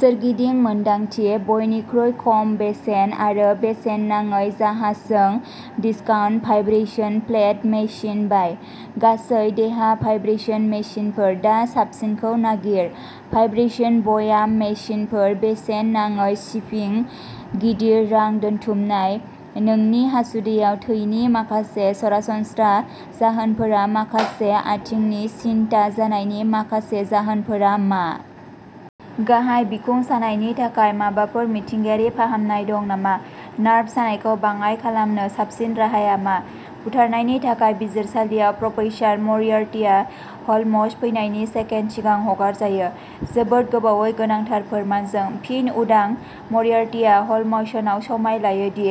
सोरगिदिं मोन्दांथि। बयनिख्रुइ खम बेसेन आरो बेसेन नाङै जाहाजजों डिसकाउन्ट भाइब्रेशन प्लेट मेसिन बाय। गासै देहा भाइब्रेशन मेसिनफोर। दा साबसिनखौ नागिर। भाइब्रेशन ब्याम मेसिनफोर, बेसेन नाङै शिपिं, गिदिर रां दोनथुमनाय, नोंनि हासुदैयाव थैनि माखासे सरासनस्रा जाहोनफोरा माखासे आथिंनि सिनथा जानायनि माखासे जाहोनफोरा मा? गाहाय बिखुं सानायनि थाखाय माबाफोर मिथिंगायारि फाहामनाय दं नामा? नार्भ सानायखौ बाङाइ खालामनो साबसिन राहाया मा? बुथारनायनि थाखाय बिजिरसालियाव प्रफेसार मरियार्टिआ ह'ल्मस फैनायनि सेकेन्ड सिगां हगारजायो, जोबोद गोबावै गोनांथार फोरमानजों। फिन उदां मरियार्टिआ ह'ल्मसनाव समाय लायो दि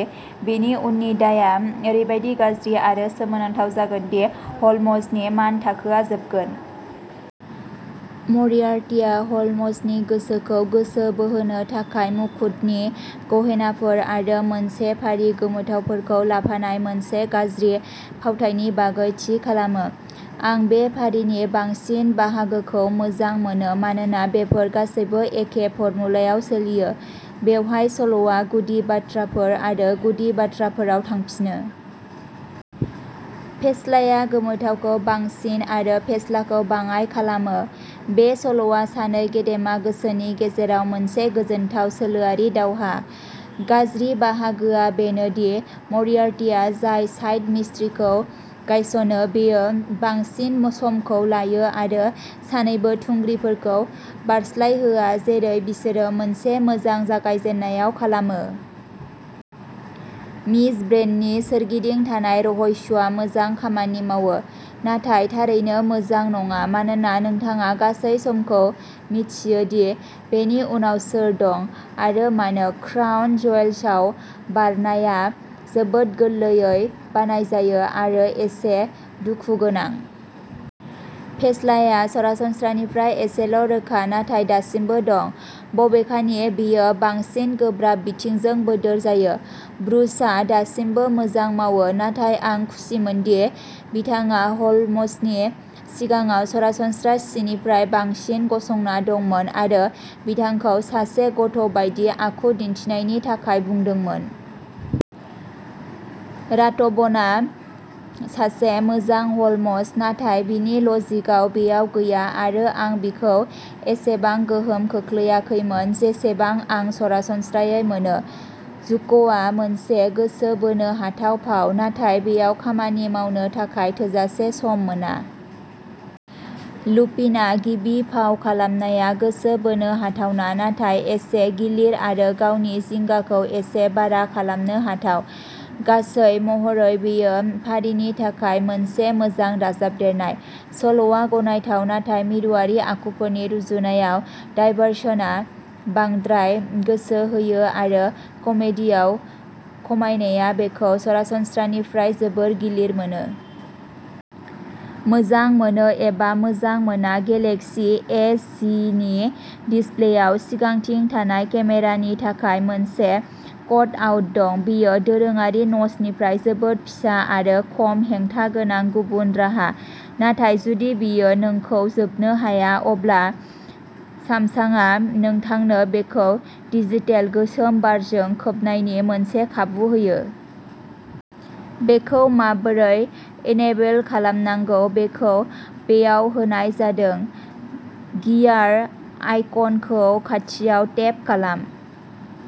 बिनि उननि दायआ ओरैबादि गाज्रि आरो सोमोनांथाव जागोन दि ह'ल्मसनि मानथाखोआ जोबगोन। मरियार्टिया ह'ल्मसनि गोसोखौ गोसो बोहोनो थाखाय मुकुटनि गहेनाफोर आरो मोनसे फारि गोमोथावफोरखौ लाफानाय मोनसे गाज्रि फावथाइनि बागै थि खालामो। आं बे फारिनि बांसिन बाहागोखौ मोजां मोनो मानोना बेफोर गासैबो एखे फर्मुलायाव सोलियो। बेवहाय सल'आ गुदि बाथ्राफोर आरो गुदि बाथ्राफोराव थांफिनो। फेस्लाया गोमोथावखौ बांसिन आरो फेस्लाखौ बाङाइ खालामो। बे सल'आ सानै गेदेमा गोसोनि गेजेराव मोनसे गोजोनथाव सोलोआरि दावहा। गाज्रि बाहागोआ बेनो दि मरियार्टिया जाय साइड मिस्ट्रिखौ गायसनो बेयो बांसिन समखौ लायो आरो सानैबो थुंग्रिफोरखौ बारस्लायहोआ जेरै बिसोरो मोनसे मोजां जागायजेन्नायाव खालामो। मिस ब्रेन्डननि सोरगिदिं थानाय रहस्यआ मोजां खामानि मावो नाथाय थारैनो मोजां नङा मानोना नोंथाङा गासै समखौ मिथियो दि बेनि उनाव सोर दं आरो मानो। क्राउन ज्वेल्सआव बारनाया जोबोद गोरलैयै बानायजायो आरो एसे दुखु गोनां। फेस्लाया सरासनस्रानिफ्राय एसेल' रोखा नाथाय दासिमबो दं। बबेखानि बेयो बांसिन गोब्राब बिथिंजों बोदोर जायो। ब्रुसआ दासिमबो मोजां मावो नाथाय आं खुसिमोनदि बिथाङा ह'ल्मसनि सिगाङाव सरासनस्रा सिनिफ्राय बांसिन गसंना दंमोन आरो बिथांखौ सासे गथ'बायदि आखु दिन्थिनायनि थाखाय बुंदोंमोन। राथबनआ सासे मोजां ह'ल्मस। नाथाय बिनि लजिकआ बेयाव गैया आरो आं बिखौ एसेबां गोहोम खोख्लैयाखैमोन जेसेबां आं सरासनस्रायै मोनो। जुक्क'आ मोनसे गोसो बोनो हाथाव फाव, नाथाय बेयाव खामानि मावनो थाखाय थोजासे सम मोना। लुपिन'आ गिबि फाव खालामनाया गोसो बोनो हाथावना नाथाय एसे गिलिर आरो गावनि जिंगाखौ एसे बारा खालामनो हाथाव। गासै महरै बेयो फारिनि थाखाय मोनसे मोजां दाजाबदेरनाय। सल'आ गनायथाव नाथाय मिरुआरि आखुफोरनि रुजुनायाव डायभारसनआव बांद्राय गोसो होयो आरो कमेडीयाव खमायनाया बेखौ सरासनस्रानिफ्राय जोबोद गिलिर मोनो। मोजां मोनो एबा मोजां मोना, गेलेक्सी एस जि नि डिसप्लेआव सिगांथिं थानाय केमेरानि थाखाय मोनसे कटआउट दं। बेयो दोरोङारि न'चनिफ्राय जोबोद फिसा आरो खम हेंथा गोनां गुबुन राहा, नाथाय जुदि बेयो नोंखौ जोबनो हाया, अब्ला सामसांआ नोंथांनो बेखौ डिजिटेल गोसोम बारजों खोबनायनि मोनसे खाबु होयो। बेखौ माबोरै इनेबल खालामनांगौ बेखौ बेयाव होनाय जादों। गियार आइकनखौ खाथियाव टेप खालाम।